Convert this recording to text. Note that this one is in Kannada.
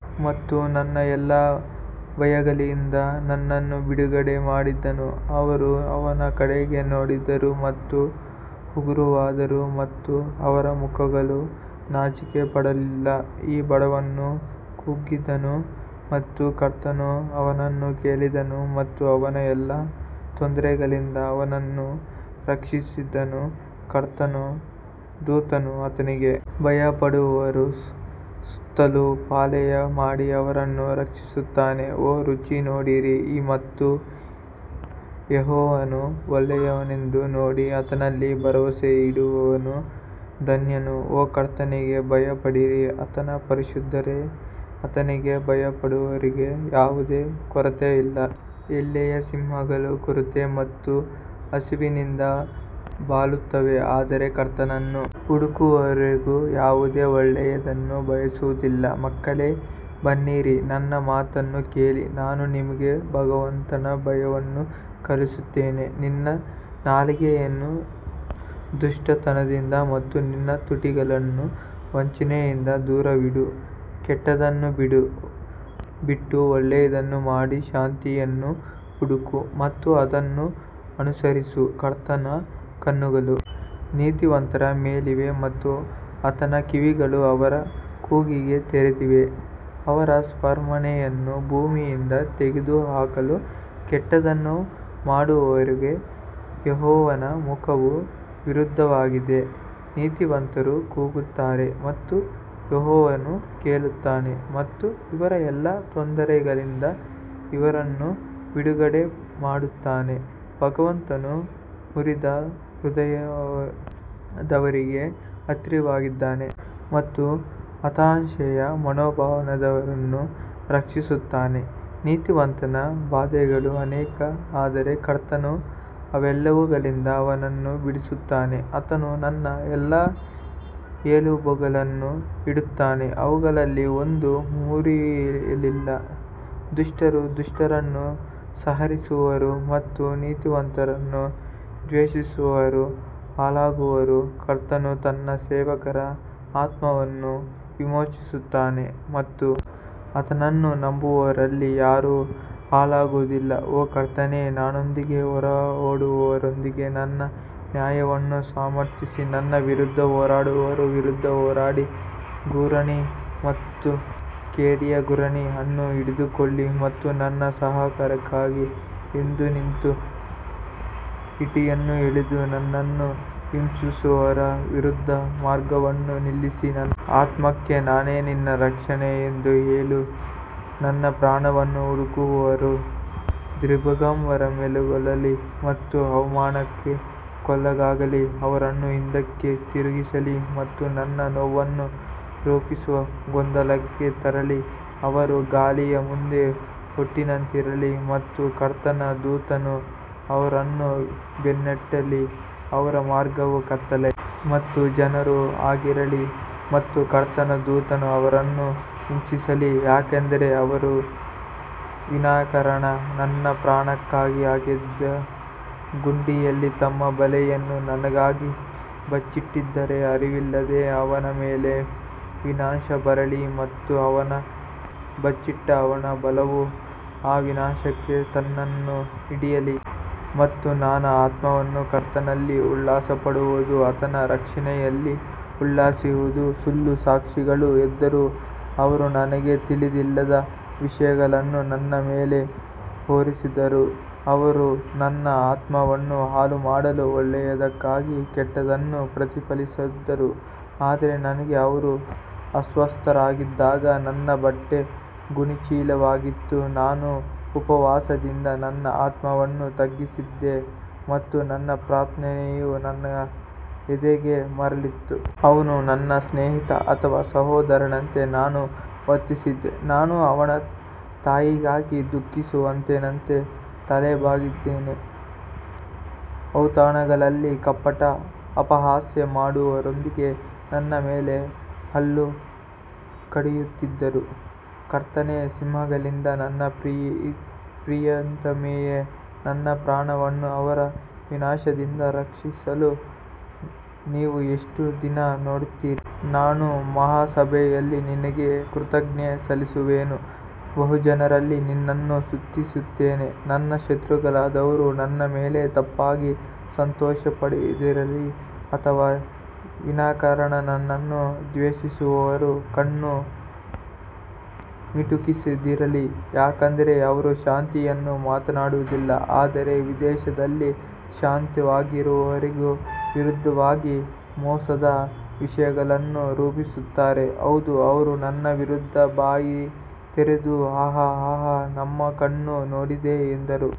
ಮತ್ತು ನನ್ನ ಎಲ್ಲಾ ಭಯಗಳಿಂದ ನನ್ನನ್ನು ಬಿಡುಗಡೆ ಮಾಡಿದನು ಅವರು ಅವನ ಕಡೆಗೆ ನೋಡಿದರು ಮತ್ತು ಹಗುರವಾದರು ಮತ್ತು ಅವರ ಮುಖಗಳು ನಾಚಿಕೆಪಡಲಿಲ್ಲ ಈ ಬಡವನು ಕೂಗಿದನು ಮತ್ತು ಕರ್ತನು ಅವನನ್ನು ಕೇಳಿದನು ಮತ್ತು ಅವನ ಎಲ್ಲಾ ತೊಂದರೆಗಳಿಂದ ಅವನನ್ನು ರಕ್ಷಿಸಿದನು ಕರ್ತನ ದೂತನು ಆತನಿಗೆ ಭಯಪಡುವವರ ಸುತ್ತಲೂ ಪಾಳೆಯ ಮಾಡಿ ಅವರನ್ನು ರಕ್ಷಿಸುತ್ತಾನೆ ಓ ರುಚಿ ನೋಡಿರಿ ಮತ್ತು ಯೆಹೋವನು ಒಳ್ಳೆಯವನೆಂದು ನೋಡಿ ಆತನಲ್ಲಿ ಭರವಸೆಯಿಡುವವನು ಧನ್ಯನು ಓ ಕರ್ತನಿಗೆ ಭಯಪಡಿರಿ, ಆತನ ಪರಿಶುದ್ಧರೇ ಆತನಿಗೆ ಭಯಪಡುವವರಿಗೆ ಯಾವುದೇ ಕೊರತೆಯಿಲ್ಲ ಎಳೆಯ ಸಿಂಹಗಳು ಕೊರತೆ ಮತ್ತು ಹಸಿವಿನಿಂದ ಬಳಲುತ್ತವೆ ಆದರೆ ಕರ್ತನನ್ನು ಹುಡುಕುವವರಿಗೆ ಯಾವುದೇ ಒಳ್ಳೆಯದನ್ನು ಬಯಸುವುದಿಲ್ಲ ಮಕ್ಕಳೇ ಬನ್ನಿರಿ ನನ್ನ ಮಾತನ್ನು ಕೇಳಿ ನಾನು ನಿಮಗೆ ಭಗವಂತನ ಭಯವನ್ನು ಕಲಿಸುತ್ತೇನೆ ನಿನ್ನ ನಾಲಿಗೆಯನ್ನು ದುಷ್ಟತನದಿಂದ ಮತ್ತು ನಿನ್ನ ತುಟಿಗಳನ್ನು ವಂಚನೆಯಿಂದ ದೂರವಿಡು ಕೆಟ್ಟದ್ದನ್ನು ಬಿಟ್ಟು ಒಳ್ಳೆಯದನ್ನು ಮಾಡಿ ಶಾಂತಿಯನ್ನು ಹುಡುಕು ಮತ್ತು ಅದನ್ನು ಅನುಸರಿಸು ಕರ್ತನ ಕಣ್ಣುಗಳು ನೀತಿವಂತರ ಮೇಲಿವೆ ಮತ್ತು ಆತನ ಕಿವಿಗಳು ಅವರ ಕೂಗಿಗೆ ತೆರೆದಿವೆ ಅವರ ಸ್ಮರಣೆಯನ್ನು ಭೂಮಿಯಿಂದ ತೆಗೆದುಹಾಕಲು ಕೆಟ್ಟದ್ದನ್ನು ಮಾಡುವವರಿಗೆ ಯೆಹೋವನ ಮುಖವು ವಿರುದ್ಧವಾಗಿದೆ ನೀತಿವಂತರು ಕೂಗುತ್ತಾರೆ ಮತ್ತು ಯೆಹೋವನು ಕೇಳುತ್ತಾನೆ ಮತ್ತು ಅವರ ಎಲ್ಲಾ ತೊಂದರೆಗಳಿಂದ ಅವರನ್ನು ಬಿಡುಗಡೆ ಮಾಡುತ್ತಾನೆ ಭಗವಂತನು ಮುರಿದ ಹೃದಯದವರಿಗೆ ಹತ್ತಿರವಾಗಿದ್ದಾನೆ ಮತ್ತು ಹತಾಶೆಯ ಮನೋಭಾವದವರನ್ನು ರಕ್ಷಿಸುತ್ತಾನೆ ನೀತಿವಂತನ ಬಾಧೆಗಳು ಅನೇಕ ಆದರೆ ಕರ್ತನು ಅವೆಲ್ಲವುಗಳಿಂದ ಅವನನ್ನು ಬಿಡಿಸುತ್ತಾನೆ ಆತನು ತನ್ನ ಎಲ್ಲಾ ಎಲುಬುಗಳನ್ನು ಇಡುತ್ತಾನೆ ಅವುಗಳಲ್ಲಿ ಒಂದೂ ಮುರಿಯಲಿಲ್ಲ ದುಷ್ಟರು ದುಷ್ಟರನ್ನು ಸಂಹರಿಸುವರು ಮತ್ತು ನೀತಿವಂತರನ್ನು ದ್ವೇಷಿಸುವವರು ಹಾಳಾಗುವರು ಕರ್ತನು ತನ್ನ ಸೇವಕರ ಆತ್ಮವನ್ನು ವಿಮೋಚಿಸುತ್ತಾನೆ ಮತ್ತು ಆತನನ್ನು ನಂಬುವವರಲ್ಲಿ ಯಾರೂ ಹಾಳಾಗುವುದಿಲ್ಲ ಓ ಕರ್ತನೇ, ನನ್ನೊಂದಿಗೆ ಹೋರಾಡುವವರೊಂದಿಗೆ ನನ್ನ ನ್ಯಾಯವನ್ನು ಸಮರ್ಥಿಸಿ, ನನ್ನ ವಿರುದ್ಧ ಹೋರಾಡುವವರ ವಿರುದ್ಧ ಹೋರಾಡಿ ಗುರಾಣಿ ಮತ್ತು ಖೇಡ್ಯಗುರಾಣಿ ಅನ್ನು ಹಿಡಿದುಕೊಳ್ಳಿ ಮತ್ತು ನನ್ನ ಸಹಾಯಕ್ಕಾಗಿ ಎದ್ದುನಿಂತು ಈಟಿಯನ್ನು ಎಳೆದು ನನ್ನನ್ನು ಹಿಂಸಿಸುವವರ ವಿರುದ್ಧದ ಮಾರ್ಗವನ್ನು ನಿಲ್ಲಿಸಿ ನನ್ನ ಆತ್ಮಕ್ಕೆ ನಾನೇ ನಿನ್ನ ರಕ್ಷಣೆ ಎಂದು ಹೇಳು ನನ್ನ ಪ್ರಾಣವನ್ನು ಹುಡುಕುವವರು ದಿಗ್ಭ್ರಮೆಗೊಳ್ಳಲಿ ಮತ್ತು ಅವಮಾನಕ್ಕೊಳಗಾಗಲಿ, ಅವರನ್ನು ಹಿಂದಕ್ಕೆ ತಿರುಗಿಸಲಿ ಮತ್ತು ನನ್ನ ನೋವನ್ನು ರೂಪಿಸುವ ಗೊಂದಲಕ್ಕೆ ತರಲಿ ಅವರು ಗಾಳಿಯ ಮುಂದೆ ಹೊಟ್ಟಿನಂತಿರಲಿ ಮತ್ತು ಕರ್ತನ ದೂತನು ಅವರನ್ನು ಬೆನ್ನಟ್ಟಲಿ ಅವರ ಮಾರ್ಗವು ಕತ್ತಲೆ ಮತ್ತು ಜಾರು ಆಗಿರಲಿ ಮತ್ತು ಕರ್ತನ ದೂತನು ಅವರನ್ನು ಹಿಂಸಿಸಲಿ ಯಾಕಂದರೆ ಅವರು ವಿನಾಕಾರಣ ನನ್ನ ಪ್ರಾಣಕ್ಕಾಗಿ ಅಗೆದ ಗುಂಡಿಯಲ್ಲಿ ತಮ್ಮ ಬಲೆಯನ್ನು ನನಗಾಗಿ ಬಚ್ಚಿಟ್ಟಿದ್ದಾರೆ ಅರಿವಿಲ್ಲದೆ ಅವನ ಮೇಲೆ ವಿನಾಶ ಬರಲಿ ಮತ್ತು ಅವನು ಬಚ್ಚಿಟ್ಟ ಅವನ ಬಲವು ಆ ವಿನಾಶಕ್ಕೆ ತನ್ನನ್ನು ಹಿಡಿಯಲಿ ಮತ್ತು ನನ್ನ ಆತ್ಮವು ಕರ್ತನಲ್ಲಿ ಉಲ್ಲಾಸಪಡುವದು ಆತನ ರಕ್ಷಣೆಯಲ್ಲಿ ಉಲ್ಲಾಸಿಸುವದು ಸುಳ್ಳು ಸಾಕ್ಷಿಗಳು ಎದ್ದರು, ಅವರು ನನಗೆ ತಿಳಿದಿಲ್ಲದ ವಿಷಯಗಳನ್ನು ನನ್ನ ಮೇಲೆ ಹೊರಿಸಿದರು ಅವರು ನನ್ನ ಆತ್ಮವನ್ನು ಹಾಳುಮಾಡಲು ಒಳ್ಳೆಯದಕ್ಕಾಗಿ ಕೆಟ್ಟದ್ದನ್ನು ಪ್ರತಿಫಲಿಸಿದರು ಆದರೆ ನನಗೆ ಅವರು ಅಸ್ವಸ್ಥರಾಗಿದ್ದಾಗ ನನ್ನ ಬಟ್ಟೆ ಗೋಣಿಚೀಲವಾಗಿತ್ತು, ನಾನು ಉಪವಾಸದಿಂದ ನನ್ನ ಆತ್ಮವನ್ನು ತಗ್ಗಿಸಿದೆ ಮತ್ತು ನನ್ನ ಪ್ರಾರ್ಥನೆಯು ನನ್ನ ಎದೆಗೆ ಮರಳಿತು. ಅವನು ನನ್ನ ಸ್ನೇಹಿತ ಅಥವಾ ಸಹೋದರನಂತೆ ನಾನು ವರ್ತಿಸಿದೆ, ನಾನು ಅವನ ತಾಯಿಗಾಗಿ ದುಃಖಿಸುವವನಂತೆ ತಲೆಬಾಗಿದ್ದೇನೆ ಔತಣಗಳಲ್ಲಿ ಕಪಟ ಅಪಹಾಸ್ಯ ಮಾಡುವವರೊಂದಿಗೆ ನನ್ನ ಮೇಲೆ ಹಲ್ಲು ಕಡಿಯುತ್ತಿದ್ದರು ಕರ್ತನೇ, ಸಿಂಹಗಳಿಂದ ನನ್ನ ಪ್ರಿಯತಮೆಯೇ, ನನ್ನ ಪ್ರಾಣವನ್ನು ಅವರ ವಿನಾಶದಿಂದ ರಕ್ಷಿಸಲು ನೀವು ಎಷ್ಟು ದಿನ ನೋಡುತ್ತೀರಿ ನಾನು ಮಹಾಸಭೆಯಲ್ಲಿ ನಿನಗೆ ಕೃತಜ್ಞತೆ ಸಲ್ಲಿಸುವೆನು, ಬಹುಜನರಲ್ಲಿ ನಿನ್ನನ್ನು ಸ್ತುತಿಸುತ್ತೇನೆ ನನ್ನ ಶತ್ರುಗಳಾದವರು ನನ್ನ ಮೇಲೆ ತಪ್ಪಾಗಿ ಸಂತೋಷಪಡದಿರಲಿ ಅಥವಾ ವಿನಾಕಾರಣ ನನ್ನನ್ನು ದ್ವೇಷಿಸುವವರು ಕಣ್ಣು ಮಿಟುಕಿಸದಿರಲಿ ಯಾಕಂದರೆ ಅವರು ಶಾಂತಿಯನ್ನು ಮಾತನಾಡುವುದಿಲ್ಲ ಆದರೆ ದೇಶದಲ್ಲಿ ಶಾಂತವಾಗಿರುವವರಿಗೆ ವಿರುದ್ಧವಾಗಿ ಮೋಸದ ವಿಷಯಗಳನ್ನು ರೂಪಿಸುತ್ತಾರೆ ಹೌದು ಅವರು ನನ್ನ ವಿರುದ್ಧ ಬಾಯಿ ತೆರೆದು ಆಹಾ ಆಹಾ ನಮ್ಮ ಕಣ್ಣು ನೋಡಿದೆ ಎಂದರು.